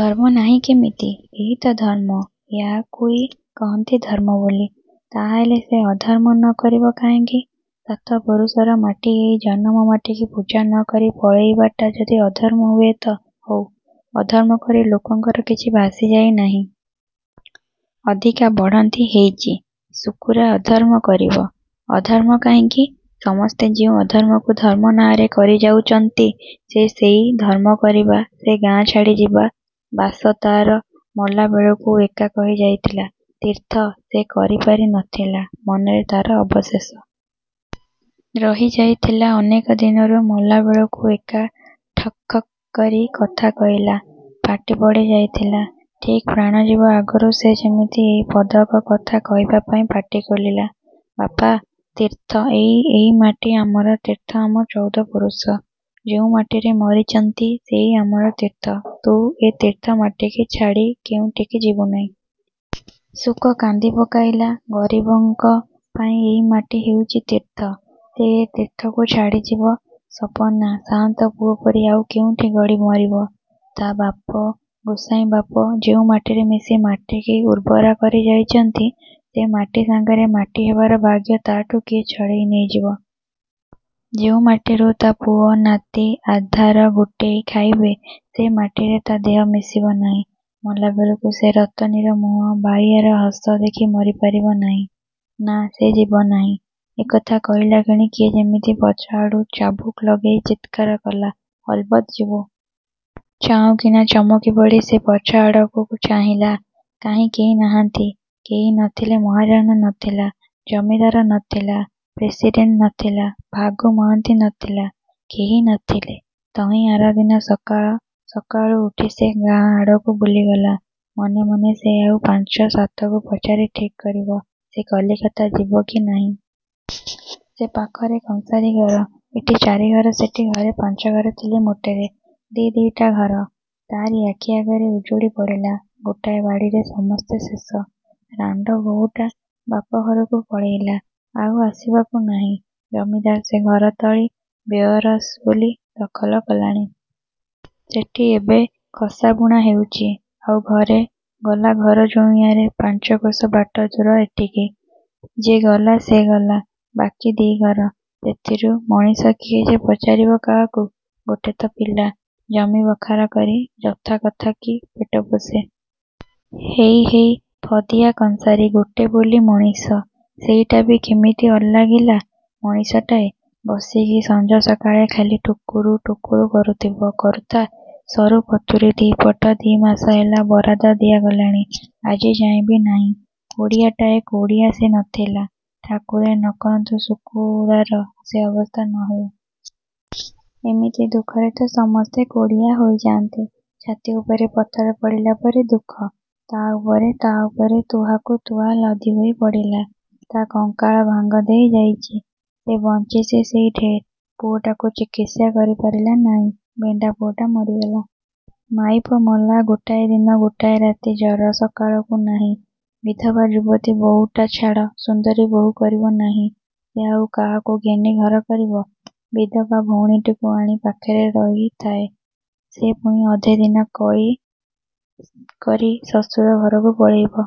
ଧର୍ମ ନାହିଁ କେମିତି-? ଏଇ ତ ଧର୍ମ! ୟାକୁଇ କହନ୍ତି ଧର୍ମବୋଲି! ତାହାହେଲେ, ସେ ଅଧର୍ମ ନ କରିବ କାହିଁକି। ସାତପୁରୁଷର ମାଟି ଏଇ ଜନମ ମାଟିକି ପୂଜା ନ କରି ପଳେଇବାଟା ଯଦି ଅଧର୍ମ ହୁଏତ ହଉ। ଅଧର୍ମ କରି ଲୋକଙ୍କର କିଛି ଭାସିଯାଇ ନାହିଁ। ଅଧିକା ବଢ଼ନ୍ତି ହେଇଛି। ଶୁକୁରା ଅଧର୍ମ କରିବ। ଅଧର୍ମ କାହିଁକି? ସମସ୍ତେ ଯେଉଁ ଅଧର୍ମକୁ ଧର୍ମ ନାଆଁରେ କରିଯାଉଚନ୍ତି ସେ ସେଇ ଧର୍ମ କରିବା। ସେ ଗାଁ ଛାଡ଼ିଯିବ! ବାସ ତା'ର ମଲାବେଳକୁ ଏକା କହିଯାଇଥିଲା ତୀର୍ଥ ସେ କରିପାରି ନଥିଲା ମନରେ ତା'ର ଅବଶେଷ ରହିଯାଇଥିଲା ଅନେକ ଦିନରୁ ମଲାବେଳକୁ ଏକା ଠକ୍ଠକ୍ କରି କଥା କହିଲା ପାଟି ପଡ଼ିଯାଇଥିଲା ଠିକ୍ ପ୍ରାଣଯିବା ଆଗରୁ ସେ ଯେମିତି ଏଇ ପଦକ କଥା କହିବାପାଇଁ ପାଟି ଖୋଲିଲା ''ବାପା, ତୀର୍ଥ ଏଇ, ଏଇ ମାଟି ଆମର ତୀର୍ଥ ଆମ ଚଉଦପୁରୁଷ ଯେଉଁ ମାଟିରେ ମରିଚନ୍ତି ସେଇ ଆମର ତୀର୍ଥ ତୁ ଏ ତୀର୍ଥମାଟିକି ଛାଡ଼ି କେଉଁଠିକି ଯିବୁ ନାହିଁ। '' ଶୁକ କାନ୍ଦିପକାଇଲା ଗରିବଙ୍କ ପାଇ ଏଇ ମାଟି ହେଉଛି ତୀର୍ଥ ସେ ଏ ତୀର୍ଥକୁ ଛାଡ଼ିଯିବ ସପନା ସାଆନ୍ତ ପୁଅପରି ଆଉ କେଉଁଠି ଗଡ଼ି ମରିବ। ତା' ବାପ ଗୋସାଇଁବାପ ଯେଉଁ ମାଟିରେ ମିଶି ମାଟିକି ଉର୍ବରା କରିଯାଇଛନ୍ତି ସେ ମାଟି ସାଙ୍ଗରେ ମାଟି ହେବାର ଭାଗ୍ୟ ତା'ଠୁ କିଏ ଛଡ଼େଇ ନେଇଯିବ। ଯେଉଁ ମାଟିରୁ ତା' ପୁଅ ନାତି ଆଧାର ଗୋଟେଇ ଖାଇବେ ସେ ମାଟିରେ ତା' ଦେହ ମିଶିବ ନାହିଁ। ମଲାବେଳକୁ ସେ ରତନୀର ମୁହଁ, ବାଇଆର ହସ ଦେଖି ମରି ପାରିବ ନାହିଁ? ନାଁ, ସେ ଯିବ ନାହିଁ। ଏକଥା କହିଲାକ୍ଷଣି କିଏ ଯେମିତି ପଛଆଡ଼ୁ ଚାବୁକ ଲଗେଇ ଚିତ୍କାର କଲା ''ଅଲବତ୍ ଯିବୁ। '' ଚାଉଁକିନା ଚମକି ପଡ଼ି ସେ ପଛଆଡ଼କୁ ଚାହିଁଲା। କାହିଁ, କେହି ନାହାନ୍ତି। କେହି ନଥିଲେ। ମହାଜନ ନଥିଲା, ଜମିଦାର ନଥିଲା, ପ୍ରେସିଡ଼େଣ୍ଟ ନଥିଲା, ଭାଗୁ ମହାନ୍ତି ନଥିଲା କେହି ନଥିଲେ। ତହିଁ ଆରଦିନ ସକାଳ। ସକାଳୁ ଉଠି ସେ ଗାଁ ଆଡ଼କୁ ବୁଲିଗଲା। ମନେ ମନେ ସେ ଆଉ ପାଞ୍ଚ ସାତକୁ ପଚାରି ଠିକ୍ କରିବ ସେ କଲିକତା ଯିବ କି ନାହିଁ। ସେ ପାଖରେ କଂସାରି ଘର। ଏଠି ଚାରିଘର ସେଠି ଘରେ ପାଞ୍ଚଘର ଥିଲେ ମୋଟରେ। ଦି ଦିଟା ଘର ତା'ରି ଆଖି ଆଗରେ ଉଜୁଡ଼ି ପଡ଼ିଲା। ଗୋଟାଏ ବାଡ଼ିରେ ସମସ୍ତେ ଶେଷ। ରାଣ୍ଡ ବହୂଟା ବାପଘରକୁ ପଳେଇଲା। ଆଉ ଆସିବାକୁ ନାହିଁ। ଜମିଦାର ସେ ଘରତଳି ବେଓ୍ୟାରସ ବୋଲି ଦଖଲ କଲାଣି। ସେଠି ଏବେ ଖସା ବୁଣା ହେଉଚି। ଆଉ ଘରେ, ଗଲା ଘରଜୋଇଁଆରେ ପାଞ୍ଚକୋଶ ବାଟ ଦୂର ଏଠିକି। ଯେ ଗଲା ସେ ଗଲା। ବାକି ଦି'ଘର।। ସେଥିରୁ ମଣିଷ କିଏ ଯେ ପଚାରିବ କାହାକୁ। ଗୋଟେ ତ ପିଲା। ଜମି ବଖରା କରି ଯଥାକଥା କି ପେଟ ପୋଷେ। ହେଇ ହେଇ ପଦିଆ କଂସାରି ଗୋଟେ ବୋଲି ମଣିଷ। ସେଇଟାବି କେମିତି ଅଲାଗିଲା ମଣିଷଟାଏ। ବସିକି ସଞ୍ଜସକାଳେ ଖାଲି ଠୁକୁର ଠୁକୁର କରୁଥିବ। କରୁ'ଥା। ସରୁ କତୁରୀ ଦି'ପଟ ଦି'ମାସ ହେଲା ବରାଦ ଦିଆଗଲାଣି ଆଜିଯାଏଁବି ନାହିଁ। କୋଢ଼ିଆଟାଏ। କୋଢ଼ିଆ ସେ ନଥିଲା। ଠାକୁରେ ନ କରନ୍ତୁ ଶୁକୁରାର ସେ ଅବସ୍ଥା ନ ହେଉ। ଏମିତି ଦୁଃଖରେ ତ ସମସ୍ତେ କୋଢ଼ିଆ ହୋଇଯାନ୍ତେ। ଛାତି ଉପରେ ପଥର ପଡ଼ିଲା ପରି ଦୁଃଖ। ତା' ଉପରେ ତା' ଉପରେ ତୁହାକୁ ତୁହା ଲଦି ହୋଇ ପଡ଼ିଲା। ତା' କଙ୍କାଳ ଭାଙ୍ଗ ଦେଇ ଯାଇଛି। ସେ ବଞ୍ଚିଛି ସେଇ ଢେର୍। ପୁଅଟାକୁ ଚିକିତ୍ସା କରିପାରିଲା ନାହିଁ ଭେଣ୍ଡା ପୁଅଟା ମରିଗଲା। ମାଇପ ମଲା ଗୋଟାଏ ଦିନ ଗୋଟାଏ ରାତି ଜର ସକାଳକୁ ନାହିଁ। ବିଧବା ଯୁବତୀ ବହୂଟା ଛାଡ଼ ସୁନ୍ଦରୀ ବହୂ କରିବ ନାହିଁ। ସେ ଆଉ କାହାକୁ ଘେନି ଘର କରିବ? ବିଧବା ଭଉଣୀଟିକୁ ଆଣି ପାଖରେ ରହିଥାଏ-। ସେ ପୁଣି ଅଧେ ଦିନେ କଳି କରି ଶ୍ୱଶୁର ଘରକୁ ପଳେଇବ।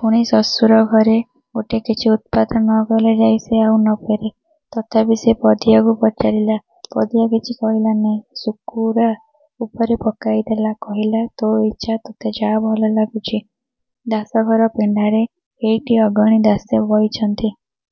ପୁଣି ଶ୍ୱଶୁରଘରେ ଗୋଟେ କିଛି ଉତ୍ପାତ ନ କଲେ ଯାଇ ସେ ଆଉ ନ ଫେରେ। ତଥାପି ସେ ପଦିଆକୁ ପଚାରିଲା। ପଦିଆ କିଛି କହିଲା ନାହିଁ। ଶୁକୁରା ଉପରେ ପକେଇ ଦେଲା। କହିଲା''ତୋ ଇଚ୍ଛା ତୋତେ ଯାହା ଭଲ ଲାଗୁଛି। '' ଦାସଘର ପିଣ୍ଡାରେ ହେଇଟି ଅଗଣି ଦାସେ ବଇଛନ୍ତି।